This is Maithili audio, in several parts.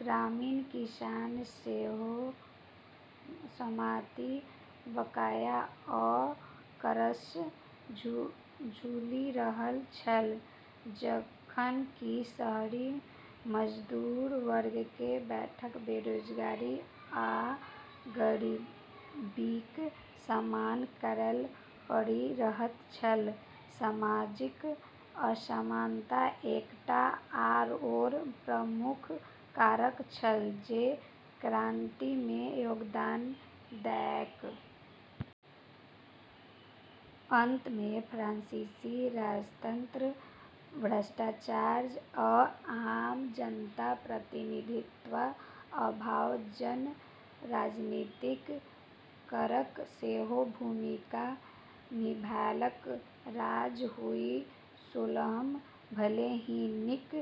ग्रामीण किसान सेहो सामंती बकाया आ करसँ जूझि रहल छल, जखन कि शहरी मजदूर वर्गकेँ बढ़ैत बेरोजगारी आ गरीबीक सामना करै पड़ि रहल छल। सामाजिक असमानता एकटा आओर प्रमुख कारक छल जे क्रांतिमे योगदान देलक। अंतमे अप्रभावी राजतंत्र, भ्रष्टाचार, आ आम जनताक प्रतिनिधित्वक अभाव सन राजनीतिक कारक सेहो भूमिका निभेलक। राजा लुई सोलहम भले ही नीक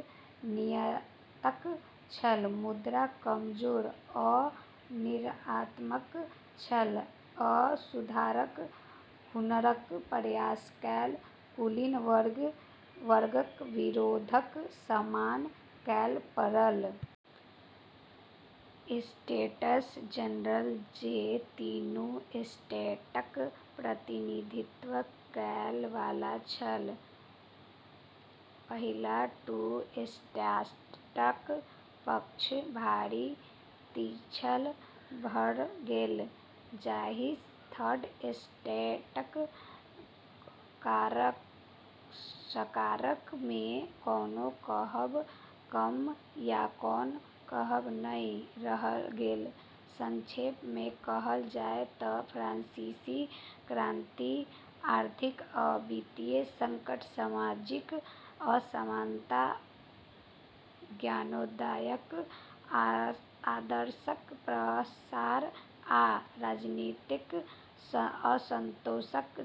नीयतका छल, मुदा कमजोर आ अनिर्णयात्मक छल, आ सुधारक हुनकर प्रयासकेँ कुलीन वर्गक विरोधक सामना करै पड़ल। एस्टेट्स जनरल जे तीनू एस्टेटक प्रतिनिधित्व करै वाला छल, पहिल दू एस्टेटक पक्षमे भारी तिरछा भऽ गेल, जाहिसँ थर्ड एस्टेटक सरकारमे कोनो कहब कम या कोनो कहब नहि रहि गेल। संक्षेपमे कहल जाय तँ फ्रांसीसी क्रांति आर्थिक आ वित्तीय संकट, सामाजिक असमानता, ज्ञानोदयक आदर्शक प्रसार आ राजनीतिक असंतोषक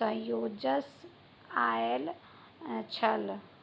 संयोजनसँ आयल छल।